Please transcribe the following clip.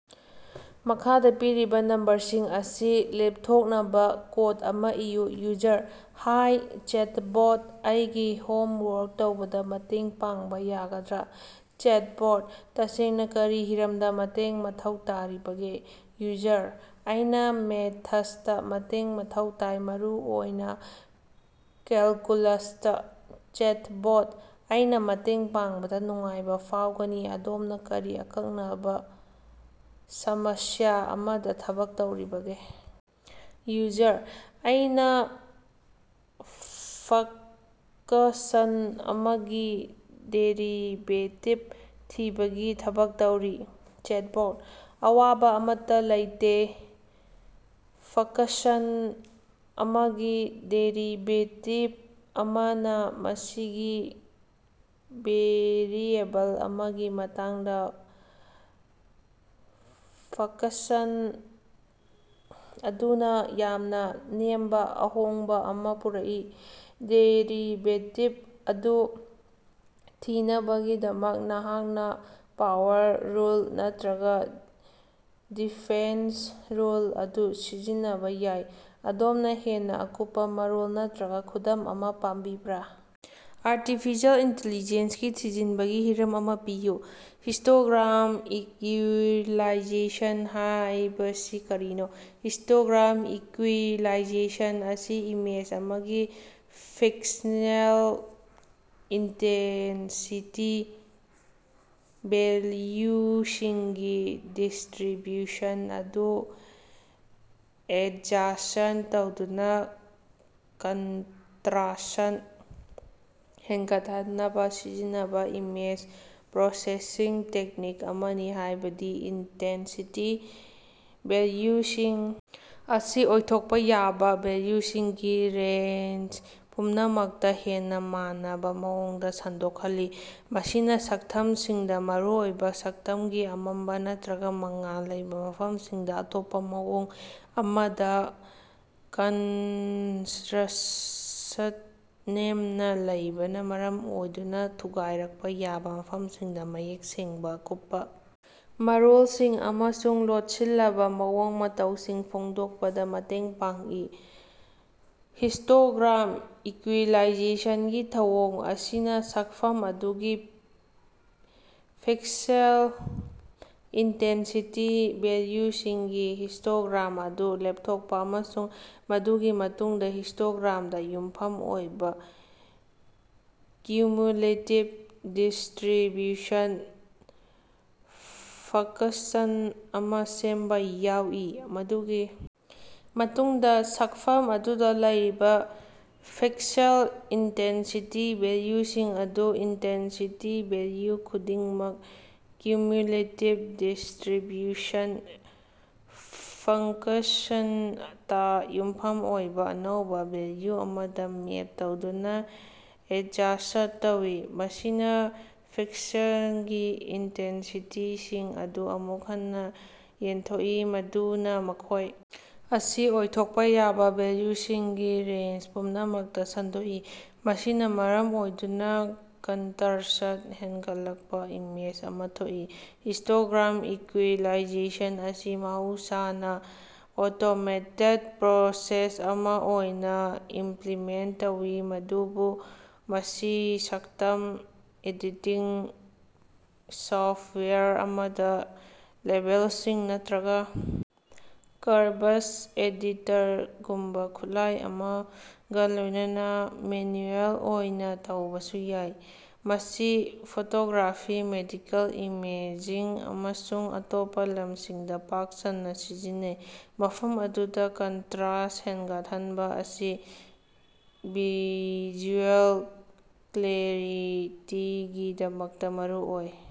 ꯃꯈꯥꯗ ꯄꯤꯔꯤꯕ ꯅꯝꯕꯔꯁꯤꯡ ꯑꯁꯤ ꯂꯦꯞꯊꯣꯛꯅꯕ ꯀꯣꯗ ꯑꯃ ꯏꯌꯨ꯫ ꯌꯨꯖꯔ: ꯍꯥꯢ ꯆꯦꯇꯕꯣꯠ ꯑꯩꯒꯤ ꯍꯣꯝ ꯋꯥꯔꯛ ꯇꯧꯕꯗ ꯃꯇꯦꯡ ꯄꯥꯡꯕ ꯌꯥꯒꯗ꯭ꯔꯥ? ꯆꯦꯇꯕꯣꯠ: ꯇꯁꯦꯡꯅ ꯀꯔꯤ ꯍꯤꯔꯝꯗ ꯃꯇꯦꯡ ꯃꯊꯧ ꯇꯥꯔꯤꯕꯒꯦ? ꯌꯨꯖꯔ: ꯑꯩꯅꯥ ꯃꯦꯊꯁꯇꯥ ꯃꯇꯦꯡ ꯃꯊꯧ ꯇꯥꯏ ꯃꯔꯨꯑꯣꯏꯅ ꯀꯦꯜꯀꯨꯂꯁꯇꯥ꯫ ꯆꯦꯇꯕꯣꯠ: ꯑꯩꯅꯥ ꯃꯇꯦꯡ ꯄꯥꯡꯕꯗ ꯅꯨꯡꯉꯥꯏꯕ ꯐꯥꯎꯒꯅꯤ ꯑꯗꯣꯝꯅ ꯀꯔꯤ ꯑꯀꯛꯅꯕ ꯁꯃꯁ꯭ꯌꯥ ꯑꯃꯗ ꯊꯕꯛ ꯇꯧꯔꯤꯕꯒꯦ? ꯌꯨꯖꯔ: ꯑꯩꯅꯥ ꯐꯡꯀꯁꯟ ꯑꯃꯒꯤ ꯗꯦꯔꯤꯕꯦꯇꯤꯕ ꯊꯤꯕꯒꯤ ꯊꯕꯛ ꯇꯧꯔꯤ꯫ ꯆꯦꯇꯕꯣꯠ: ꯑꯋꯥꯕ ꯑꯃꯠꯇ ꯂꯩꯇꯦ ꯐꯡꯀꯁꯟ ꯑꯃꯒꯤ ꯗꯦꯔꯤꯕꯦꯇꯤꯕ ꯑꯁꯤꯅ ꯃꯁꯤꯒꯤ ꯚꯦꯔꯤꯑꯦꯕꯜ ꯑꯃꯒꯤ ꯃꯇꯥꯡꯗ ꯐꯡꯀꯁꯟ ꯑꯗꯨꯗ ꯌꯥꯝꯅ ꯅꯦꯝꯕ ꯑꯍꯣꯡꯕ ꯑꯃꯥ ꯄꯨꯔꯛꯏ꯫ ꯗꯦꯔꯤꯕꯦꯇꯤꯕ ꯑꯗꯨ ꯊꯤꯅꯕꯒꯤꯗꯃꯛ ꯅꯍꯥꯛꯅ ꯄꯥꯋꯔ ꯔꯨꯜ ꯅꯠꯇ꯭ꯔꯒ ꯗꯤꯐꯦꯟꯁ ꯔꯨꯜ ꯑꯗꯨ ꯁꯤꯖꯤꯟꯅꯕ ꯌꯥꯏ꯫ ꯑꯗꯣꯝꯅ ꯍꯦꯟꯅ ꯑꯀꯨꯞꯄꯥ ꯃꯔꯣꯜ ꯅꯠꯇ꯭ꯔꯒ ꯈꯨꯗꯝ ꯑꯃ ꯄꯥꯝꯕꯤꯕꯔꯥ? ꯑꯥꯔꯇꯤꯐꯤꯁꯤꯑꯦꯜ ꯏꯟꯇꯤꯂꯤꯖꯦꯟꯁ ꯒꯤ ꯊꯤꯖꯤꯟꯕꯒꯤ ꯍꯤꯔꯝ ꯑꯃ ꯄꯤꯌꯨ꯫ ꯍꯤꯁ꯭ꯇꯣꯒ꯭ꯔꯥꯝ ꯏꯛꯌꯨꯏꯂꯥꯏꯖꯦꯁꯟ ꯍꯥꯏꯕꯁꯤ ꯀꯔꯤꯅꯣ? ꯍꯤꯁ꯭ꯇꯣꯒ꯭ꯔꯥꯝ ꯏꯀꯨꯏꯂꯥꯏꯖꯦꯁꯟ ꯑꯁꯤ ꯏꯃꯦꯖ ꯑꯃꯒꯤ ꯄꯤꯛꯁꯦꯜ ꯏꯟꯇꯦꯟꯁꯤꯇꯤ ꯚꯦꯜꯌꯨꯁꯤꯡꯒꯤ ꯗꯤꯁꯇ꯭ꯔꯤꯕ꯭ꯌꯨꯁꯟ ꯑꯗꯨ ꯑꯦꯗꯖꯁ꯭ꯠ ꯇꯧꯗꯨꯅ ꯀꯟꯇ꯭ꯔꯁ꯭ꯠ ꯍꯦꯟꯒꯠꯍꯟꯅꯕ ꯁꯤꯖꯤꯟꯅꯕ ꯏꯃꯦꯖ ꯄ꯭ꯔꯣꯁꯦꯁꯤꯡ ꯇꯦꯛꯅꯤꯛ ꯑꯃꯅꯤ ꯍꯥꯢꯕꯗꯤ ꯏꯟꯇꯦꯟꯁꯤꯇꯤ ꯚꯦꯜꯌꯨꯁꯤꯡ ꯑꯁꯤ ꯑꯣꯏꯊꯣꯛꯄ ꯌꯥꯕ ꯚꯦꯜꯌꯨꯁꯤꯡꯒꯤ ꯔꯦꯟꯖ ꯄꯨꯝꯅꯃꯛꯇ ꯍꯦꯟꯅ ꯃꯥꯟꯅꯕ ꯃꯑꯣꯡꯗ ꯁꯟꯗꯣꯛꯍꯜꯂꯤ꯫ ꯃꯁꯤꯅ ꯁꯛꯇꯝꯁꯤꯡꯗ ꯃꯔꯨꯑꯣꯏꯅ ꯁꯛꯇꯝꯒꯤ ꯑꯃꯝꯕ ꯅꯠꯇ꯭ꯔꯒ ꯃꯉꯥꯜ ꯂꯩꯕꯥ ꯃꯐꯝꯁꯤꯡꯗꯥ ꯑꯇꯣꯞꯄ ꯃꯑꯣꯡ ꯑꯃꯗ ꯀꯟꯠꯔꯁ꯭ꯠ ꯅꯦꯝꯅ ꯂꯩꯕꯅ ꯃꯔꯝ ꯑꯣꯏꯗꯨꯅ ꯊꯨꯒꯥꯏꯔꯛꯄ ꯌꯥꯕ ꯃꯐꯝꯁꯤꯡꯗ ꯃꯌꯦꯛ ꯁꯦꯡꯕ ꯑꯀꯨꯞꯄ ꯃꯔꯣꯜꯁꯤꯡ ꯑꯃꯁꯨꯡ ꯂꯣꯠꯁꯤꯜꯂꯕ ꯃꯑꯣꯡ ꯃꯇꯧꯁꯤꯡ ꯐꯣꯡꯗꯣꯛꯄꯗ ꯃꯇꯦꯡ ꯄꯥꯡꯏ꯫ ꯍꯤꯁ꯭ꯇꯣꯒ꯭ꯔꯥꯝ ꯏꯀꯨꯏꯂꯥꯏꯖꯦꯁꯟꯒꯤ ꯊꯧꯑꯣꯡ ꯑꯁꯤꯅ ꯁꯛꯐꯝ ꯑꯗꯨꯒꯤ ꯄꯤꯛꯁꯦꯜ ꯏꯟꯇꯦꯟꯁꯤꯇꯤ ꯚꯦꯜꯌꯨꯁꯤꯡꯒꯤ ꯍꯤꯁ꯭ꯇꯣꯒ꯭ꯔꯥꯝ ꯑꯗꯨ ꯂꯦꯞꯊꯣꯛꯄ ꯑꯃꯁꯨꯡ ꯃꯗꯨꯒꯤ ꯃꯇꯨꯡꯗ ꯍꯤꯁ꯭ꯇꯣꯒ꯭ꯔꯥꯝꯗ ꯌꯨꯝꯐꯝ ꯑꯣꯏꯕ ꯀ꯭ꯌꯨꯃꯨꯂꯦꯇꯤꯕ ꯗꯤꯁꯇ꯭ꯔꯤꯕ꯭ꯌꯨꯁꯟ ꯐꯡꯀꯁꯟ ꯑꯃ ꯁꯦꯝꯕ ꯌꯥꯎꯏ꯫ ꯃꯗꯨꯒꯤ ꯃꯇꯨꯡꯗ ꯁꯛꯐꯝ ꯑꯗꯨꯗ ꯂꯩꯔꯤꯕ ꯄꯤꯛꯁꯦꯜ ꯏꯟꯇꯦꯟꯁꯤꯇꯤ ꯚꯦꯜꯌꯨꯁꯤꯡ ꯑꯗꯨ ꯏꯟꯇꯦꯟꯁꯤꯇꯤ ꯚꯦꯜꯌꯨ ꯈꯨꯗꯤꯡꯃꯛ ꯀ꯭ꯌꯨꯃꯨꯂꯦꯇꯤꯕ ꯗꯤꯁꯇ꯭ꯔꯤꯕ꯭ꯌꯨꯁꯟ ꯐꯡꯀꯁꯟ ꯇꯥ ꯌꯨꯝꯐꯝ ꯑꯣꯏꯕ ꯑꯅꯧꯕ ꯚꯦꯜꯌꯨ ꯑꯃꯗ ꯃꯦꯞ ꯇꯧꯗꯨꯅꯥ ꯑꯦꯗꯖꯁ꯭ꯠ ꯇꯧꯏ꯫ ꯃꯁꯤꯅ ꯄꯤꯛꯁꯦꯜꯒꯤ ꯏꯟꯇꯦꯟꯁꯤꯇꯤꯁꯤꯡ ꯑꯗꯨ ꯑꯃꯨꯛ ꯍꯟꯅ ꯌꯦꯟꯊꯣꯛꯏ ꯃꯗꯨꯅ ꯃꯈꯣꯢ ꯑꯁꯤ ꯑꯣꯏꯊꯣꯛꯄ ꯌꯥꯕ ꯚꯦꯜꯌꯨꯁꯤꯡꯒꯤ ꯔꯦꯟꯖ ꯄꯨꯝꯅꯃꯛꯇ ꯁꯟꯗꯣꯛꯏ, ꯃꯁꯤꯅ ꯃꯔꯝ ꯑꯣꯏꯗꯨꯅ ꯀꯟꯇꯔꯁ꯭ꯠ ꯍꯦꯟꯒꯠꯂꯛꯄ ꯏꯃꯦꯖ ꯑꯃ ꯊꯣꯛꯏ꯫ ꯍꯤꯁ꯭ꯇꯣꯒ꯭ꯔꯥꯝ ꯏꯀꯨꯏꯂꯥꯏꯖꯦꯁꯟ ꯑꯁꯤ ꯃꯍꯧꯁꯥꯅ ꯑꯣꯇꯣꯃꯦꯇꯦꯗ ꯄ꯭ꯔꯣꯁꯦꯁ ꯑꯃ ꯑꯣꯏꯅ ꯏꯃꯄ꯭ꯂꯤꯃꯦꯟꯇ ꯇꯧꯏ ꯑꯗꯨꯕꯨ ꯃꯁꯤ ꯁꯛꯇꯝ ꯑꯦꯗꯤꯇꯤꯡ ꯁꯣꯐꯇꯋꯥꯌꯔ ꯑꯃꯗ ꯂꯦꯚꯦꯜꯁꯤꯡ ꯅꯠꯇ꯭ꯔꯒ ꯀꯔꯚꯁ ꯑꯦꯗꯤꯇꯔꯒꯨꯝꯕ ꯈꯨꯠꯂꯥꯢ ꯑꯃꯒ ꯂꯣꯢꯅꯅꯥ ꯃꯦꯅꯨꯑꯦꯜ ꯑꯣꯏꯅ ꯇꯧꯕꯁꯨ ꯌꯥꯏ꯫ ꯃꯁꯤ ꯐꯣꯇꯣꯒ꯭ꯔꯥꯐꯤ ꯃꯦꯗꯤꯀꯦꯜ ꯏꯃꯦꯖꯤꯡ ꯑꯃꯁꯨꯡ ꯑꯇꯣꯞꯄ ꯂꯝꯁꯤꯡꯗ ꯄꯥꯛ ꯁꯟꯅ ꯁꯤꯖꯤꯟꯅꯩ ꯃꯐꯝ ꯑꯗꯨꯗ ꯀꯟꯇ꯭ꯔꯥꯁ ꯍꯦꯟꯒꯠꯍꯟꯕ ꯑꯁꯤ ꯚꯤꯖꯨꯑꯦꯜ ꯀ꯭ꯂꯦꯔꯤꯇꯤꯒꯤꯗꯃꯛꯇ ꯃꯔꯨ ꯑꯣꯏ꯫